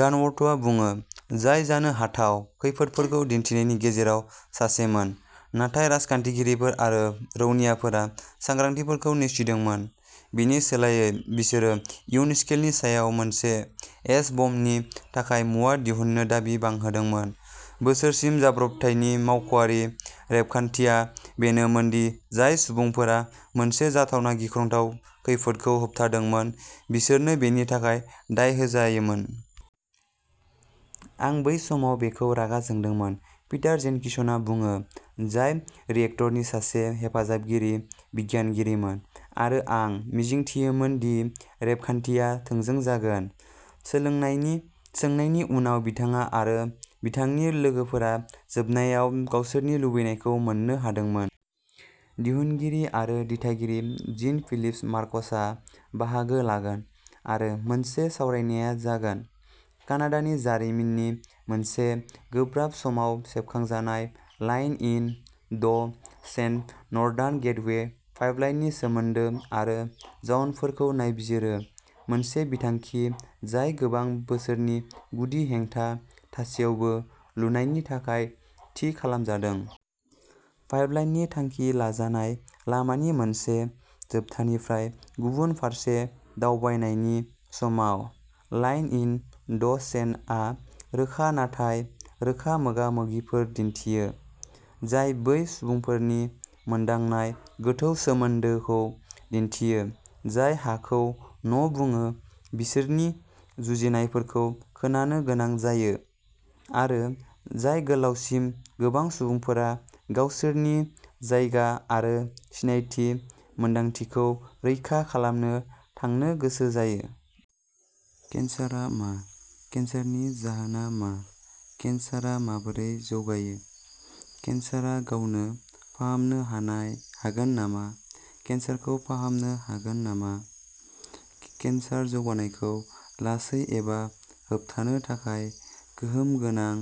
डानवर्थआ बुङो, जाय जानो हाथाव खैफोदफोरखौ दिन्थिनायनि गेजेराव सासेमोन। नाथाय राजखान्थिगिरिफोर आरो रौनियाफोरा सांग्रांथिफोरखौ नेवसिदोंमोन; बेनि सोलायै बिसोरो उइन्डस्केलनि सायाव मोनसे एच-बमनि थाखाय मुवा दिहुननो दाबि बांहोदोंमोन। बोसोरसिम, जाब्रबथायनि मावख'आरि रेबगान्थिया बेनोमोन दि जाय सुबुंफोरा मोनसे जाथावना गिख्रंथाव खैफोदखौ होबथादोंमोन बिसोरनो बेनि थाखाय दाय होजायोमोन। "आं बै समाव बेखौ रागा जोंदोंमोन", पिटार जेनकिन्सनआ बुङो, जाय रिएक्टरनि सासे हेफाजाबारि बिगियानगिरिमोन, "आरो आं मिजिंथियोमोन दि रेबगान्थिया थोंजों जागोन। " सोंनायनि उनाव, बिथाङा आरो बिथांनि लोगोफोरा जोबनायाव गावसोरनि लुबैनायखौ मोन्नो हादोंमोन। दिहुनगिरि आरो दिथागिरि जीन-फिलिप मार्किसआ बाहागो लागोन आरो मोनसे सावरायनाया जागोन। कानाडानि जारिमिननि मोनसे गोब्राब समाव सेबखांजानाय, line in the सेन्डआ northern gateway पाइपलाइननि सोमोन्दो आरो जाउनफोरखौ नायबिजिरो-मोनसे बिथांखि जाय गोबां बोसोरनि गुदि हेंथा थासेयावबो लुनायनि थाखाय थि खालामजादों। पाइपलाइननि थांखि लाजानाय लामानि मोनसे जोबथानिफ्राय गुबुन फारसे दावबायनायनि समाव, लाइन इन द सेन्डआ रोखा नाथाय रोखा मोगा-मोगिफोर दिन्थियो, जाय बै सुबुंफोरनि मोनदांनाय गोथौ सोमोन्दोखौ दिन्थियो, जाय हाखौ न'बुङो, बिसोरनि जुजिनायफोरखौ खोनानो गोनां जायो, आरो जाय गोलावसिम गोबां सुबुंफोरा गावसोरनि जायगा आरो सिनायथिनि मोनदांथिखौ रैखा खालामनो थांनो गोसो जायो। केन्सारआ मा? केन्सारनि जाहोना मा? केन्सारआ माबोरै जौगायो? केन्सारआ गावनो फाहामनो हागोन नामा? केन्सारखौ फाहामनो हागोन नामा? केन्सार जौगानायखौ लासै एबा होबथानो थाखाय गोहोम गोनां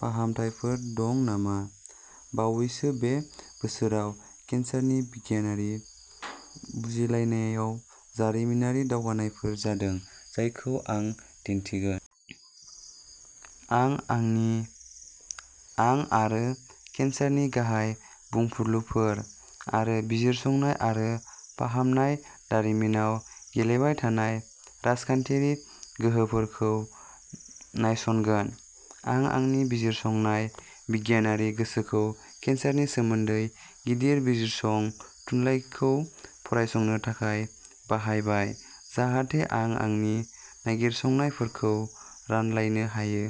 फाहामथायफोर दं नामा? बावैसो बे बोसोराव केन्सारनि बिगियानारि बुजिलायनायाव जारिमिनारि दावगानायफोर जादों, जायखौ आं दिन्थिगोन। आरो आं केन्सारनि गाहाय बुंफुरलुफोर आरो बिजिरसंनाय आरो फाहामनाय दारिमिनाव गेलेबाय थानाय राजखान्थियारि गोहोफोरखौ नायसंगोन। आं आंनि बिजिरसंनाय बिगियानगिरिनि गोसोखौ केन्सारनि सोमोन्दै गिदिर बिजिरसं थुनलाइखौ फरायसंनो थाखाय बाहायबाय, जाहाथे आं आंनि नागिरसंनायफोरखौ रानलायनो हायो।